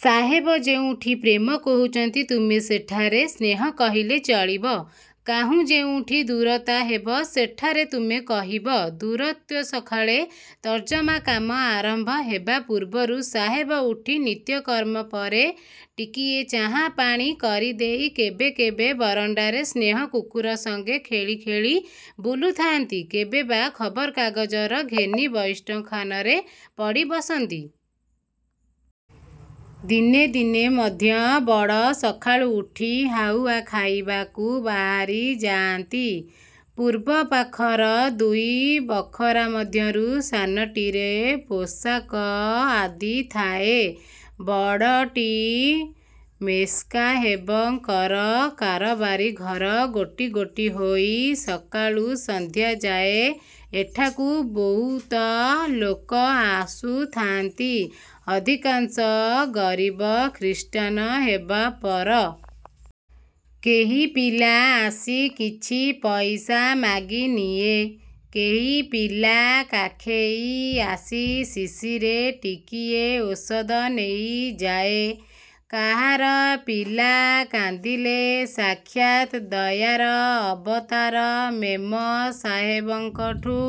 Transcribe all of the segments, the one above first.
ସାହେବ ଯେଉଁଠି 'ପ୍ରେମ' କହୁଛନ୍ତି, ତୁମେ ସେଠାରେ 'ସ୍ନେହ' କହିଲେ ଚଳିବ କାହୁଁ? ଯେଉଁଠି 'ଦୂରତା' ହେବ-ସେଠାରେ ତୁମେ କହିବ 'ଦୂରତ୍ୱ'? ସକାଳେ ତର୍ଜମା କାମ ଆରମ୍ଭ ହେବା ପୂର୍ବରୁ ସାହେବ ଉଠି ନିତ୍ୟକର୍ମ ପରେ ଟିକିଏ ଚାହା ପାଣି କରିଦେଇ କେବେ କେବେ ବରଣ୍ତାରେ ସ୍ନେହର କୁକୁର ସଙ୍ଗେ ଖେଳି ଖେଳି ବୁଲୁଥାନ୍ତି କେବେ ବା ଖବରକାଗଜ ଘେନି ବୈଠକଖାନାରେ ପଢ଼ି ବସନ୍ତି। ଦିନେ ଦିନେ ମଧ୍ୟ ବଡ଼ ସକାଳୁ ଉଠି ହାଉଆ ଖାଇବାକୁ ବାହାରିଯାନ୍ତି। ପୂର୍ବପାଖର ଦୁଇ ବଖରା ମଧ୍ୟରୁ ସାନଟିରେ ପୋଷାକ ଆଦି ଥାଏ, ବଡ଼ଟି ମେମ୍ସାହେବଙ୍କର କାରବାରି ଘର। ଗୋଟି ଗୋଟି ହୋଇ ସକାଳୁ ସନ୍ଧ୍ୟାଯାଏ ଏଠାକୁ ବହୁତ ଲୋକ ଆସୁଥାନ୍ତି। ଅଧିକାଂଶ ଗରୀବ-ଖ୍ରୀଷ୍ଟାନ ହେବେ ପରା! କେହି ପିଲା ଆସି କିଛି ପଇସା ମାଗି ନିଏ କେହି ପିଲା କାଖେଇ ଆସି ଶିଶିରେ ଟିକିଏ ଔଷଧ ନେଇଯାଏ। କାହାର ପିଲା କାନ୍ଦିଲେ ସାକ୍ଷାତ୍ ଦୟାର ଅବତାର ମେମ ସାହେବଙ୍କଠୁଁ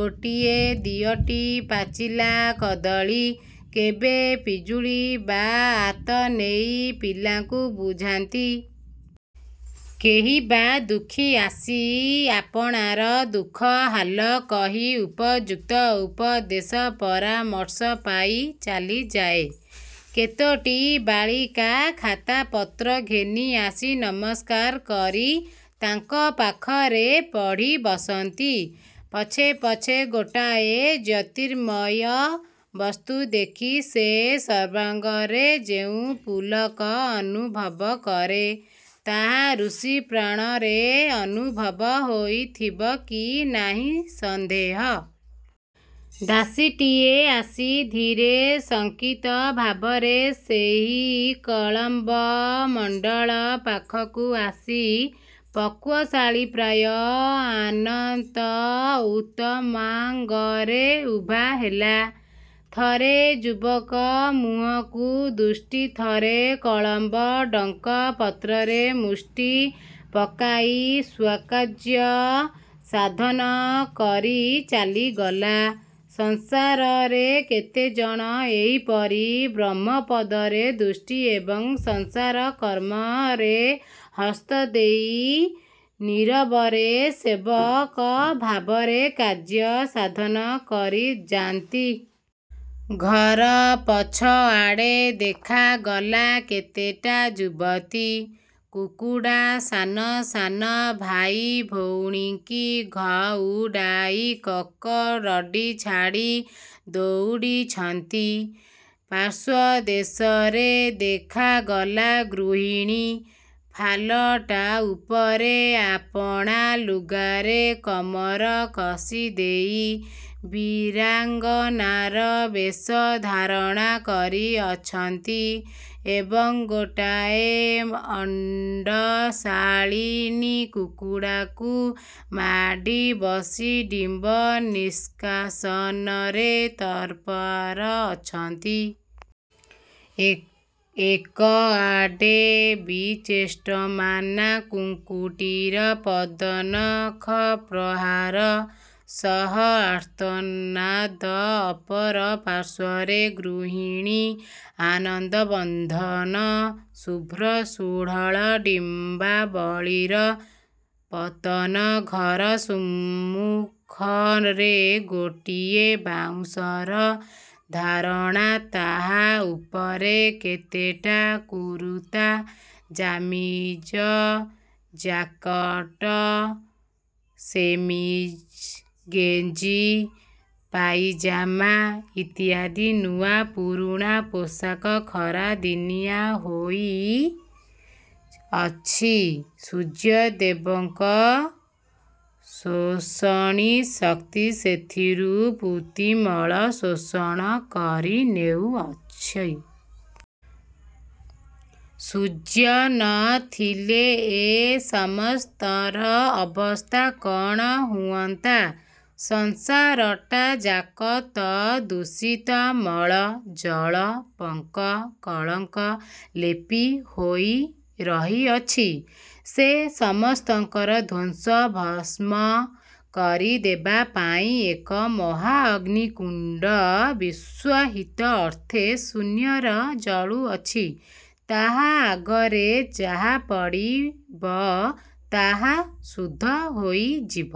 ଗୋଟିଏ ଦିଓଟି ପାଚିଲା କଦଳୀ କେବେ ପିଜୁଳି ବା ଆତ ନେଇ ପିଲାଙ୍କୁ ବୁଝାନ୍ତି। କେହି ବା ଦୁଃଖୀ ଆସି ଆପଣାର ଦୁଃଖ ହାଲ କହି ଉପଯୁକ୍ତ ଉପଦେଶ ପରାମର୍ଶ ପାଇ ଚାଲିଯାଏ। କେତୋଟି ବାଳିକା ଖାତାପତ୍ର ଘେନି ଆସି ନମସ୍କାର କରି ତାଙ୍କ ପାଖରେ ପଢ଼ି ବସନ୍ତି। ପଛେ ପଛେ ଗୋଟାଏ ଜ୍ୟୋତିର୍ମୟ ବସ୍ତୁ ଦେଖି ସେ ସର୍ବାଙ୍ଗରେ ଯେଉଁ ପୁଲକ ଅନୁଭବ କରେ, ତାହା ଋଷିପ୍ରାଣରେ ଅନୁଭବ ହୋଇଥିବ କି ନାହିଁ ସନ୍ଦେହ। ଦାସୀଟିଏ ଆସି ଧୀର ଶଙ୍କିତଭାବରେ ସେହି କଳମ୍ବ-ମଣ୍ତଳ ପାଖକୁ ଆସି ପକ୍ୱଶାଳି ପ୍ରାୟ ଆନତ ଉତ୍ତମାଙ୍ଗରେ ଉଭା ହେଲା। ଥରେ ଯୁବକ ମୁହଁକୁ ଦୃଷ୍ଟି, ଥରେ କଳମ୍ବ ଡଙ୍କ ପତ୍ରରେ ମୁଷ୍ଟି ପକାଇ ସ୍ୱକାର୍ଯ୍ୟ ସାଧନ କରି ଚାଲିଗଲା। ସଂସାରରେ କେତେଜଣ ଏହିପରି ବ୍ରହ୍ମପଦରେ ଦୃଷ୍ଟି ଏବଂ ସଂସାରକର୍ମରେ ହସ୍ତ ଦେଇ ନୀରବରେ ସେବକଭାବରେ କାର୍ଯ୍ୟ ସାଧନ କରି ଯାନ୍ତି! ଘର ପଛଆଡ଼େ ଦେଖାଗଲା, କେତେଟା ଯୁବତୀ କୁକୁଡ଼ା ସାନ ସାନ ଭାଇ ଭଉଣୀଙ୍କି ଘଉଡ଼ାଇ କକ୍କକ୍ ରଡ଼ି ଛାଡ଼ି ଦଉଡ଼ିଛନ୍ତି। ପାର୍ଶ୍ୱଦେଶରେ ଦେଖାଗଲା, ଗୃହିଣୀ ଫାଲଟା ଉପରେ ଆପଣା ଲୁଗାରେ କମର କଷିଦେଇ ବୀରାଙ୍ଗନାର ବେଶ ଧାରଣ କରିଅଛନ୍ତି ଏବଂ ଗୋଟାଏ ଅଣ୍ତଶାଳିନୀ କୁକୁଡ଼ାକୁ ମାଡ଼ି ବସି ଡିମ୍ବ ନିଷ୍କାଶନରେ ତତ୍ପରା ଅଛନ୍ତି। ଏକଆଡ଼େ ବିଚେଷ୍ଟମାନା କୁକ୍କୁଟୀର ପଦନଖପ୍ରହାର ସହ ଆର୍ତ୍ତନାଦ ଅପରପାର୍ଶ୍ୱରେ ଗୃହିଣୀ-ଆନନ୍ଦବର୍ଦ୍ଧନ ଶୁଭ୍ର ସୁଢଳ ଡିମ୍ବାବଳୀର ପତନ। ଘର ସମ୍ମୁଖରେ ଗୋଟିଏ ବାଉଁଶର ଧାରଣା ତାହା ଉପରେ କେତେଟା କୁରୁତା-କାମିଜ-ଜ୍ୟାକେଟ-ଶେମିଜ୍-ଗେଞ୍ଜି-ପାଇଜାମା ଇତ୍ୟାଦି ନୂଆ ପୁରୁଣା ପୋଷାକ ଖରା ଦିଆ ହୋଇଅଛି। ସୂର୍ଯ୍ୟଦେବଙ୍କ ଶୋଷଣୀ ଶକ୍ତି ସେଥିରୁ ପୂତିମଳ ଶୋଷଣ କରି ନେଉଅଛି। ସୂର୍ଯ୍ୟ ନ ଥିଲେ ଏ ସମସ୍ତର ଅବସ୍ଥା କଣ ହୁଅନ୍ତା! ସଂସାରଟା ଯାକ ତ ଦୂଷିତ ମଳ-ଜଳ-ପଙ୍କ-କଳଙ୍କ ଲେପି ହୋଇ ରହିଅଛି। ସେ ସମସ୍ତ ଧ୍ୱଂସ-ଭସ୍ମ କରିଦେବାପାଇଁ ଏକ ମହାଅଗ୍ନିକୁଣ୍ଡ ବିଶ୍ୱହିତ ଅର୍ଥେ ଶୂନ୍ୟରେ ଜଳୁଅଛି। ତାହା ଆଗରେ ଯାହା ପଡିବ, ତାହା ଶୁଦ୍ଧ ହୋଇଯିବ।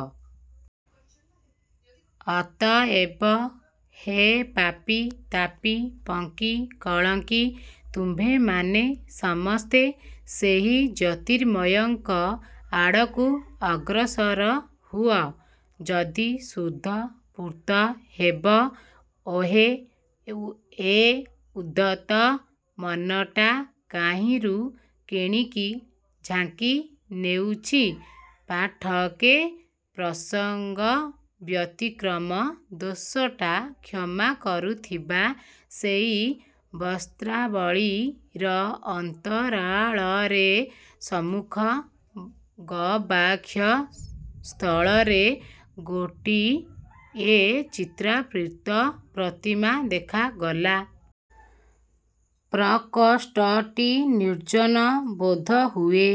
ଅତଏବ ହେ ପାପୀ-ତାପୀ-ପଙ୍କୀ-କଳଙ୍କୀ, ତୁମ୍ଭେମାନେ ସମସ୍ତେ ସେହି ଜ୍ୟୋତିର୍ମୟଙ୍କ ଆଡ଼କୁ ଅଗ୍ରସର ହୁଅ ଯଦି ଶୁଦ୍ଧ ପୂତ ହେବ। ଓହୋ! ଏ ଉଦ୍ଧତ ମନଟା କାହିଁରୁ କେଣିକି ଝାଙ୍କି ନେଉଛି। ପାଠକେ, ପ୍ରସଙ୍ଗବ୍ୟତିକ୍ରମ ଦୋଷଟା କ୍ଷମା କରୁଥିବେ। ସେହି ବସ୍ତ୍ରାବଳୀର ଅନ୍ତରାଳରେ ସମ୍ମୁଖ ଗବାକ୍ଷ ସ୍ଥଳରେ ଗୋଟିଏ ଚିତ୍ରାର୍ପିତ ପ୍ରତିମା ଦେଖାଗଲା। ପ୍ରକୋଷ୍ଠଟି ନିର୍ଜନ, ବୋଧହୁଏ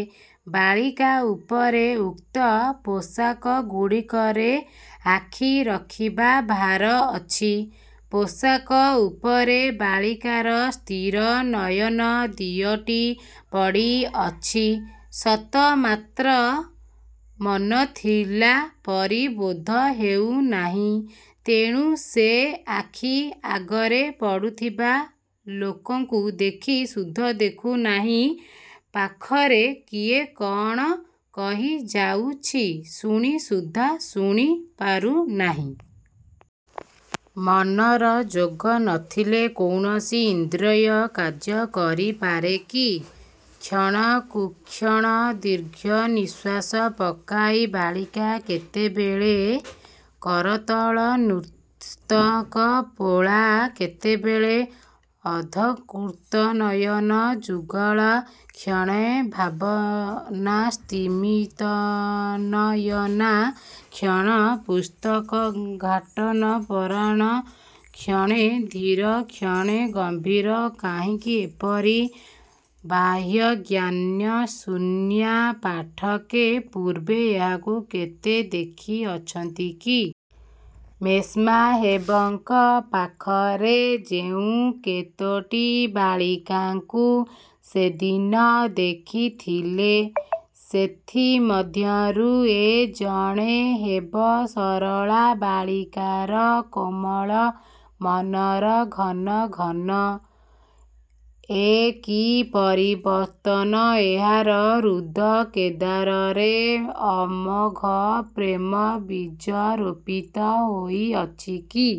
ବାଳିକା ଉପରେ ଉକ୍ତ ପୋଷାକଗୁଡ଼ିକରେ ଆଖି ରଖିବା ଭାର ଅଛି। ପୋଷାକ ଉପରେ ବାଳିକାର ସ୍ଥିର ନୟନ ଦିଓଟି ପଡ଼ିଅଛି ସତ, ମାତ୍ର ମନ ଥିଲା ପରି ବୋଧ ହେଉ ନାହିଁ। ତେଣୁ ସେ ଆଖି ଆଗରେ ପଡ଼ୁଥିବା ଲୋକଙ୍କୁ ଦେଖି ସୁଦ୍ଧା ଦେଖୁ ନାହିଁ ପାଖରେ କିଏ କଣ କହିଯାଉଛି, ଶୁଣି ସୁଦ୍ଧା ଶୁଣି ପାରୁ ନାହିଁ। ମନର ଯୋଗ ନଥିଲେ କୌଣସି ଇନ୍ଦ୍ରିୟ କାର୍ଯ୍ୟ କରି ପାରେ କି? କ୍ଷଣକୁକ୍ଷଣ ଦୀର୍ଘନିଶ୍ୱାସ ପକାଇ ବାଳିକା କେତେବେଳେ କରତଳନ୍ୟସ୍ତକପୋଳା, କେତେବେଳେ ଅଧଃକୃତନୟନଯୁଗଳା, କ୍ଷଣେ ଭାବନାସ୍ତିମିତନୟନା, କ୍ଷଣେ ପୁସ୍ତକୋଦ୍ଘାଟନପରାୟଣା, କ୍ଷଣେ ଧୀରା, କ୍ଷଣେ ଗମ୍ଭୀରା। କାହିଁକି ଏପରି ବାହ୍ୟଜ୍ଞାନଶୂନ୍ୟା? ପାଠକେ! ପୂର୍ବେ ଏହାକୁ କେବେ ଦେଖିଅଛନ୍ତି କି? ମେମ୍ସାହେବଙ୍କ ପାଖରେ ଯେଉଁ କେତୋଟି ବାଳିକାଙ୍କୁ ସେଦିନ ଦେଖିଥିଲେ, ସେଥି ମଧ୍ୟରୁ ଏ ଜଣେ ହେବ! ସରଳା ବାଳିକାର କୋମଳ ମନର ଘନ ଘନ ଏ କି ପରିବର୍ତ୍ତନ! ଏହାର ହୃଦକେଦାରରେ ଅମୋଘ ପ୍ରେମବୀଜ ରୋପିତ ହୋଇଅଛି କି?